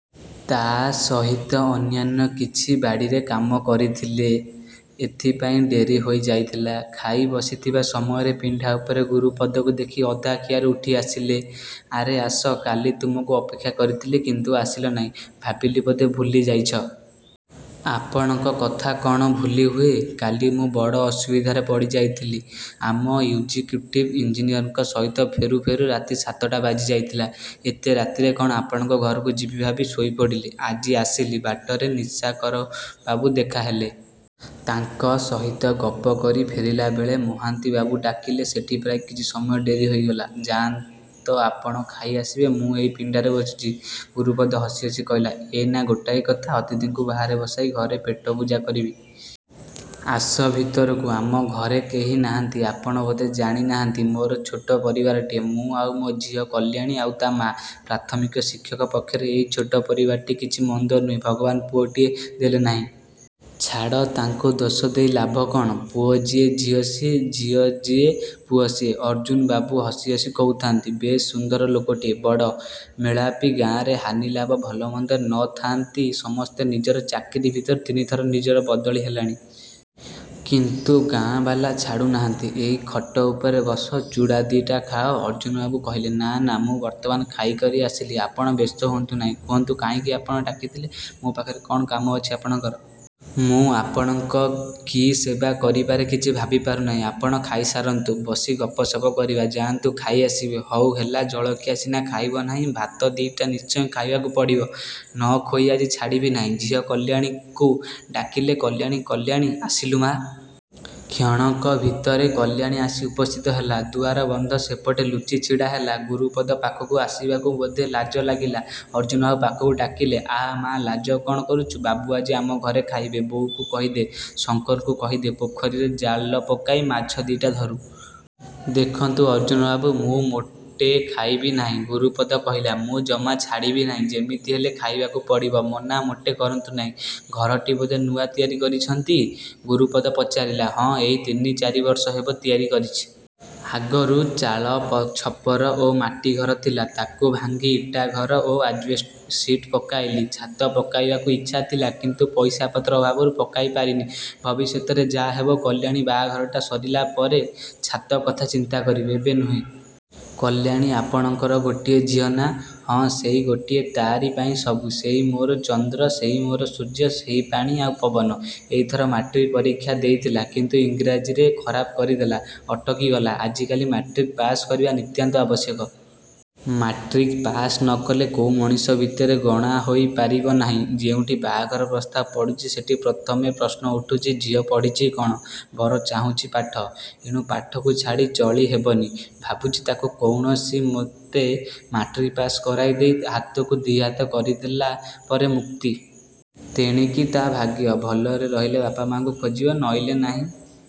ତା' ସହିତ ଅନ୍ୟାନ୍ୟ କିଛି ବାଡ଼ିରେ କାମ କରିଥିଲେ। ଏଥିପାଇଁ ଡେରି ହୋଇ ଯାଇଥିଲା। ଖାଇ ବସିଥିବା ସମୟରେ ପିଣ୍ଡା ଉପରେ ଗୁରୁପଦକୁ ଦେଖି ଅଧା ଖିଆରୁ ଉଠିଆସିଲେ। ଆରେ ଆସ, କାଲି ତୁମକୁ ଅପେକ୍ଷା କରିଥିଲି, କିନ୍ତୁ ଆସିଲ ନାହିଁ। ଭାବିଲି ବୋଧେ ଭୁଲି ଯାଇଛ। ଆପଣଙ୍କ କଥା କ'ଣ ଭୁଲି ହୁଏ? କାଲି ମୁଁ ବଡ଼ ଅସୁବିଧାରେ ପଡ଼ିଯାଇଥିଲି। ଆମ ଇକ୍ଜ୍ୟୁକୁଟିଭ ଇଞ୍ଜିନିୟରଙ୍କ ସହିତ ଫେରୁ ଫେରୁ ରାତି ସାତଟା ବାଜି ଯାଇଥିଲା। ଏତେ ରାତିରେ କ'ଣ ଆପଣଙ୍କ ଘରକୁ ଯିବି ଭାବି, ଶୋଇପଡ଼ିଲି। ଆଜି ଆସିଲି, ବାଟରେ ନିଶାକରବାବୁ ଦେଖାହେଲେ। ତାଙ୍କ ସହିତ ଗପ କରି ଫେରିଲାବେଳେ ମହାନ୍ତିବାବୁ ଡାକିଲେ। ସେଠି ପ୍ରାୟ କିଛି ସମୟ ଡେରି ହୋଇଗଲା। ଯାଆନ୍ତ ଆପଣ ଖାଇ ଆସିବେ, ମୁଁ ଏଇ ପିଣ୍ଡାରେ ବସିଛି; ଗୁରୁପଦ ହସି ହସି କହିଲା। ଇଏନା ଗୋଟାଏ କଥା! ଅତିଥିଙ୍କୁ ବାହାରେ ବସାଇ ଘରେ ପେଟପୂଜା କରିବି? ଆସ ଭିତରକୁ, ଆମ ଘରେ କେହି ନାହାନ୍ତି। ଆପଣ ବୋଧେ ଜାଣି ନାହାନ୍ତି, ମୋର ଛୋଟ ପରିବାରଟିଏ। ମୁଁ, ଆଉ ମୋର ଝିଅ କଲ୍ୟାଣୀ, ଆଉ ତା' ମା'। ପ୍ରାଥମିକ ଶିକ୍ଷକ ପକ୍ଷରେ ଏଇ ଛୋଟ ପରିବାରଟି କିଛି ମନ୍ଦ ନୁହେଁ। ଭଗବାନ୍ ପୁଅଟିଏ ଦେଲେନାହିଁ।... ଛାଡ଼, ତାଙ୍କୁ ଦୋଷ ଦେଇ ଲାଭ କ'ଣ? ପୁଅ ଯିଏ ଝିଅ ସିଏ। ଝିଅ ଯିଏ ପୁଅ ସିଏ, ଅର୍ଜ୍ଜୁନବାବୁ ହସି ହସି କହୁଥାନ୍ତି। ବେଶ୍ ସୁନ୍ଦର ଲୋକଟିଏ। ବଡ଼। ମେଳାପି, ଗାଁରେ ହାନିଲାଭ, ଭଲମନ୍ଦରେ ନ ଥାନ୍ତି। ସମସ୍ତେ ନିଜର। ଚାକିରି ଭିତରେ ତିନିଥର ନିଜର ବଦଳି ହେଲାଣି। କିନ୍ତୁ ଗାଁ ବାଲା ଛାଡ଼ୁନାହାନ୍ତି। ଏଇ ଖଟ ଉପରେ ବସ, ଚୁଡ଼ା ଦି'ଟା ଖାଅ, ଅର୍ଜ୍ଜୁନବାବୁ କହିଲେ। ନାଁ ନାଁ, ମୁଁ ବର୍ତ୍ତମାନ ଖାଇକରି ଆସିଲି। ଆପଣ ବ୍ୟସ୍ତ ହୁଅନ୍ତୁ ନାହିଁ। କୁହନ୍ତୁ କାହିଁକି ଆପଣ ଡାକିଥିଲେ। ମୋ ପାଖରେ କ'ଣ କାମ ଅଛି ଆପଣଙ୍କର? ମୁଁ ଆପଣଙ୍କର କି ସେବା କରିପାରେ କିଛି ଭାବି ପାରୁନାହିଁ। ଆପଣ ଖାଇସାରନ୍ତୁ, ବସି ଗପସପ କରିବା। ଯାଆନ୍ତୁ ଖାଇ ଆସିବେ। ହଉ ହେଲା, ଜଳଖିଆ ସିନା ଖାଇବ ନାହିଁ, ଭାତ ଦି'ଟା ନିଶ୍ଚୟ ଖାଇବାକୁ ପଡ଼ିବ। ନ ଖୋଇ ଆଜି ଛାଡ଼ିବି ନାହିଁ। ଝିଅ କଲ୍ୟାଣୀକୁ ଡାକିଲେ–କଲ୍ୟାଣୀ, କଲ୍ୟାଣୀ ଆସିଲୁ ମା'। କ୍ଷଣକ ଭିତରେ କଲ୍ୟାଣୀ ଆସି ଉପସ୍ଥିତ ହେଲା, ଦୁଆରବନ୍ଧ ସେପଟେ ଲୁଚି ଛିଡ଼ା ହେଲା; ଗୁରୁପଦ ପାଖକୁ ଆସିବାକୁ ବୋଧେ ଲାଜଲାଗିଲା। ଅର୍ଜ୍ଜୁନବାବୁ ପାଖକୁ ଡାକିଲେ ଆ ମା, ଲାଜ କ'ଣ କରୁଛୁ। ବାବୁ ଆଜି ଆମଘରେ ଖାଇବେ। ବୋଉକୁ କହିଦେ। ଶଙ୍କରଙ୍କୁ କହିଦେ, ପୋଖରୀରେ ଜାଲପକାଇ ମାଛଦି'ଟା ଧରୁ। ଦେଖନ୍ତୁ ଅର୍ଜ୍ଜୁନବାବୁ, ମୁଁ ମୋଟେ ଖାଇବି ନାହିଁ, ଗୁରୁପଦ କହିଲା। ମୁଁ ଜମା ଛାଡ଼ିବି ନାହିଁ, ଯେମିତି ହେଲେ ଖାଇବାକୁ ପଡ଼ିବ। ମନା ମୋଟେ କରନ୍ତୁ ନାହିଁ। ଘରଟି ବୋଧେ ନୂଆ ତିଆରି କରିଛନ୍ତି? ଗୁରୁପଦ ପଚାରିଲା। ହଁ, ଏଇ ତିନି ଚାରିବର୍ଷ ହେବ ତିଆରି କରିଛି। ଆଗରୁ ଚାଳ ଛପର ଓ ମାଟି ଘର ଥିଲା। ତା'କୁ ଭାଙ୍ଗି ଇଟାଘର ଓ ଆଜ୍ବେସ୍ଟସ୍ ସିଟ୍ ପକାଇଲି। ଛାତ ପକାଇବାକୁ ଇଚ୍ଛା ଥିଲା। କିନ୍ତୁ ପଇସାପତ୍ର ଅଭାବରୁ ପକାଇ ପାରିନି। ଭବିଷ୍ୟତରେ ଯାହା ହେବ। କଲ୍ୟାଣୀ ବାହାଘରଟା ସରିଲାପରେ ଛାତ କଥା ଚିନ୍ତା କରିବି, ଏବେ ନୁହେଁ। କଲ୍ୟାଣୀ ଆପଣଙ୍କର ଗୋଟିଏ ଝିଅ ନାଁ? ହଁ ସେଇ ଗୋଟିଏ, ତା'ରି ପାଇଁ ସବୁ। ସେଇ ମୋର ଚନ୍ଦ୍ର, ସେଇ ମୋର ସୂର୍ଯ୍ୟ, ସେଇ ପାଣି, ଆଉ ପବନ। ଏଇଥର ମାଟ୍ରିକ୍ ପରୀକ୍ଷା ଦେଇଥିଲା। କିନ୍ତୁ ଇଂରାଜୀରେ ଖରାପ କରିଦେଲା, ଅଟକିଗଲା। ଆଜିକାଲି ମାଟ୍ରିକ୍ଟା ପାଶ୍ କରିବା ନିତ୍ୟାନ୍ତ ଆବଶ୍ୟକ। ମାଟ୍ରିକ୍ ପାଶ୍ ନ କଲେ କୋଉ ମଣିଷ ଭିତରେ ଗଣାହୋଇ ପାରିବ ନାହିଁ। ଯେଉଁଠି ବାହାଘର ପ୍ରସ୍ତାବ ପଡ଼ୁଚି ସେଠି ପ୍ରଥମେ ପ୍ରଶ୍ନ ଉଠୁଛି ଝିଅ ପଢ଼ିଛି କ'ଣ? ବର ଚାହୁଁଛି ପାଠ। ଏଣୁ ପାଠକୁ ଛାଡ଼ି ଚଳି ହେବନି। ଭାବୁଛି ତା'କୁ କୌଣସିମତେ ମାଟ୍ରିକ ପାଶ୍ କରାଇଦେଇ, ହାତକୁ ଦି'ହାତ କରିଦେଲା ପରେ ମୁକ୍ତି। ତେଣିକି ତା' ଭାଗ୍ୟ। ଭଲରେ ରହିଲେ ବାପ ମା'ଙ୍କୁ ଖୋଜିବ ନଇଲେ ନାହିଁ।